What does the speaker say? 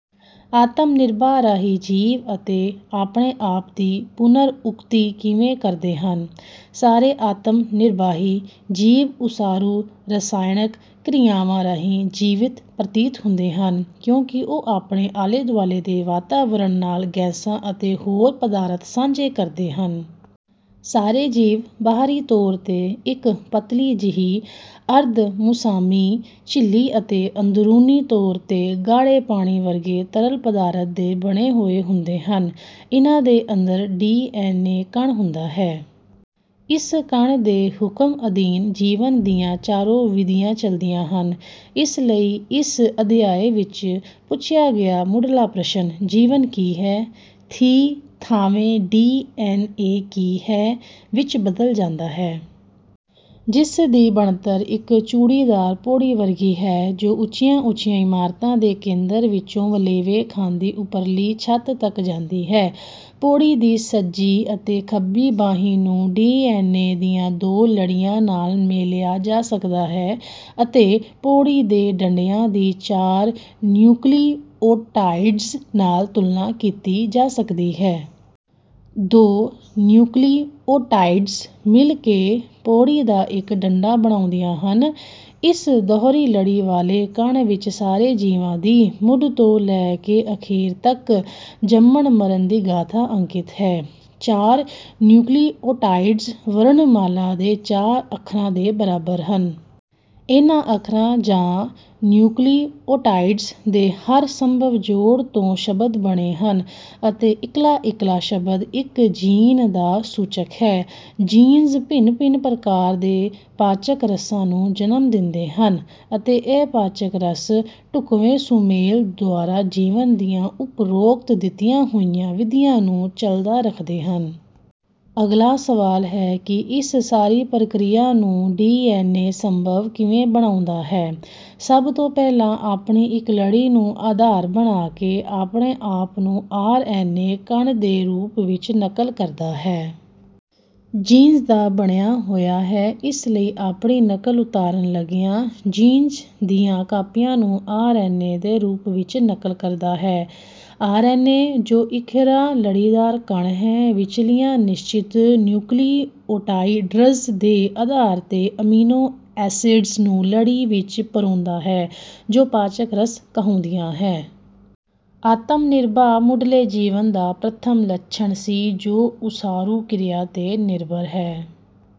ਆਤਮ ਨਿਰਬਾਹ ਰਾਹੀਂ ਜੀਵ ਅਤੇ ਆਪਣੇ ਆਪ ਦੀ ਪੁਨਰ-ਉਕਤੀ ਕਿਵੇਂ ਕਰਦੇ ਹਨ? ਸਾਰੇ ਆਤਮ ਨਿਰਬਾਹੀ ਜੀਵ ਉਸਾਰੂ ਰਸਾਇਣਕ ਕਿਰਿਆਵਾਂ ਰਾਹੀਂ ਜੀਵਤ ਪ੍ਰਤੀਤ ਹੁੰਦੇ ਹਨ ਕਿਉਂਕਿ ਉਹ ਆਪਣੇ ਆਲੇ-ਦੁਆਲੇ ਦੇ ਵਾਤਾਵਰਣ ਨਾਲ ਗੈਸਾਂ ਅਤੇ ਹੋਰ ਪਦਾਰਥ ਸਾਂਝੇ ਕਰਦੇ ਹਨ। ਸਾਰੇ ਜੀਵ ਬਾਹਰੀ ਤੌਰ 'ਤੇ ਇੱਕ ਪਤਲੀ ਜਿਹੀ ਅਰਧਮੁਸਾਮੀ ਝਿੱਲੀ ਅਤੇ ਅੰਦਰੂਨੀ ਤੌਰ 'ਤੇ ਗਾੜ੍ਹੇ ਪਾਣੀ ਵਰਗੇ ਤਰਲ ਪਦਾਰਥ ਦੇ ਬਣੇ ਹੋਏ ਹੁੰਦੇ ਹਨ। ਇਹਨਾਂ ਦੇ ਅੰਦਰ ਡੀ. ਐੱਨ. ਏ ਕਣ ਹੁੰਦਾ ਹੈ। ਇਸ ਕਣ ਦੇ ਹੁਕਮ ਅਧੀਨ ਜੀਵਨ ਦੀਆਂ ਚਾਰੋਂ ਵਿਧੀਆਂ ਚੱਲਦੀਆਂ ਹਨ। ਇਸ ਲਈ ਇਸ ਅਧਿਆਇ ਵਿੱਚ ਪੁੱਛਿਆ ਗਿਆ ਮੁੱਢਲਾ ਪ੍ਰਸ਼ਨ, 'ਜੀਵਨ ਕੀ ਹੈ? ਦੀ ਥਾਵੇਂ ਡੀ. ਐੱਨ. ਏ ਕੀ ਹੈ? ' ਵਿੱਚ ਬਦਲ ਜਾਂਦਾ ਹੈ। ਜਿਸ ਦੀ ਬਣਤਰ ਇੱਕ ਚੂੜੀਦਾਰ ਪੌੜੀ ਵਰਗੀ ਹੈ ਜੋ ਉੱਚੀਆਂ-ਉੱਚੀਆਂ ਇਮਾਰਤਾਂ ਦੇ ਕੇਂਦਰ ਵਿੱਚੋਂ ਵਲੇਵੇਂ ਖਾਂਦੀ ਉੱਪਰਲੀ ਛੱਤ ਤੱਕ ਜਾਂਦੀ ਹੈ। ਪੌੜੀ ਦੀ ਸੱਜੀ ਅਤੇ ਖੱਬੀ ਬਾਹੀ ਨੂੰ ਡੀ. ਐੱਨ. ਏ ਦੀਆਂ ਦੋ ਲੜੀਆਂ ਨਾਲ ਮੇਲਿਆ ਜਾ ਸਕਦਾ ਹੈ ਅਤੇ ਪੌੜੀ ਦੇ ਡੰਡਿਆਂ ਦੀ ਚਾਰ ਨਿਯੂਕਲਿਉਟਾਈਡਜ਼ ਨਾਲ ਤੁਲਨਾ ਕੀਤੀ ਜਾ ਸਕਦੀ ਹੈ। ਦੋ ਨਿਯੂਕਲਿਉਟਾਈਡਜ਼ ਮਿਲ ਕੇ ਪੌੜੀ ਦਾ ਇੱਕ ਡੰਡਾ ਬਣਾਉਂਦੀਆਂ ਹਨ। ਇਸ ਦੋਹਰੀ ਲੜੀ ਵਾਲੇ ਕਣ ਵਿੱਚ ਸਾਰੇ ਜੀਵਾਂ ਦੀ, ਮੁੱਢ ਤੋਂ ਲੈ ਕੇ ਅਖੀਰ ਤੱਕ ਜੰਮਣਮਰਨ ਦੀ ਗਾਥਾ ਅੰਕਿਤ ਹੈ। ਚਾਰ ਨਿਯੂਕਲਿਉਟਾਈਡਜ਼ ਵਰਣਮਾਲਾ ਦੇ ਚਾਰ ਅੱਖਰਾਂ ਦੇ ਬਰਾਬਰ ਹਨ। ਇਹਨਾਂ ਅੱਖਰਾਂ ਜਾਂ ਨਿਯੂਕਲਿਉਟਾਈਡਜ਼ ਦੇ ਹਰ ਸੰਭਵ ਜੋੜ ਤੋਂ ਸ਼ਬਦ ਬਣੇ ਹਨ ਅਤੇ ਇਕੱਲਾ-ਇਕੱਲਾ ਸ਼ਬਦ ਇੱਕ ਜੀਨ ਦਾ ਸੂਚਕ ਹੈ। ਜੀਨਜ਼ ਭਿੰਨ-ਭਿੰਨ ਪ੍ਰਕਾਰ ਦੇ ਪਾਚਕ ਰਸਾਂ ਨੂੰ ਜਨਮ ਦਿੰਦੇ ਹਨ ਅਤੇ ਇਹ ਪਾਚਕ ਰਸ ਢੁੱਕਵੇਂ ਸੁਮੇਲ ਦੁਆਰਾ ਜੀਵਨ ਦੀਆਂ ਉਪਰੋਕਤ ਦਿੱਤੀਆਂ ਹੋਈਆਂ ਵਿਧੀਆਂ ਨੂੰ ਚੱਲਦਾ ਰੱਖਦੇ ਹਨ। ਅਗਲਾ ਸਵਾਲ ਹੈ ਕਿ ਇਸ ਸਾਰੀ ਪ੍ਰਕਿਰਿਆ ਨੂੰ ਡੀ. ਐੱਨ. ਏ ਸੰਭਵ ਕਿਵੇ ਬਣਾਉਂਦਾ ਹੈ? ਸਭ ਤੋਂ ਪਹਿਲਾਂ ਆਪਣੀ ਇੱਕ ਲੜੀ ਨੂੰ ਆਧਾਰ ਬਣਾ ਕੇ ਆਪਣੇ ਆਪ ਨੂੰ ਆਰ. ਐੱਨ. ਏ ਕਣ ਦੇ ਰੂਪ ਵਿੱਚ ਨਕਲ ਕਰਦਾ ਹੈ। ਜੀਨਜ਼ ਦਾ ਬਣਿਆ ਹੋਇਆ ਹੈ ਇਸ ਲਈ ਆਪਣੀ ਨਕਲ ਉਤਾਰਨ ਲੱਗਿਆਂ ਜੀਨਜ਼ ਦੀਆਂ ਕਾਪੀਆਂ ਨੂੰ ਆਰ. ਐੱਨ. ਏ ਦੇ ਰੂਪ ਵਿੱਚ ਨਕਲ ਕਰਦਾ ਹੈ। ਆਰ. ਐੱਨ. ਏ., ਜੋ ਇਕਹਿਰਾ ਲੜੀਦਾਰ ਕਣ ਹੈ, ਵਿਚਲੀਆਂ ਨਿਸ਼ਚਿਤ ਨਿਯੂਕਲਿਉਟਾਈਡਰਜ਼ ਦੇ ਆਧਾਰ 'ਤੇ ਅਮੀਨੋ ਏਸਡਜ਼ ਨੂੰ ਲੜੀ ਵਿੱਚ ਪਰੋਂਦਾ ਹੈ ਜੋ ਪਾਚਕ-ਰਸ ਕਹਾਉਂਦੀ ਹੈ। ਆਤਮ ਨਿਰਬਾਹ ਮੁੱਢਲੇ ਜੀਵਨ ਦਾ ਪ੍ਰਥਮ ਲੱਛਣ ਸੀ ਜੋ ਉਸਾਰੂ ਕਿਰਿਆ 'ਤੇ ਨਿਰਭਰ ਹੈ।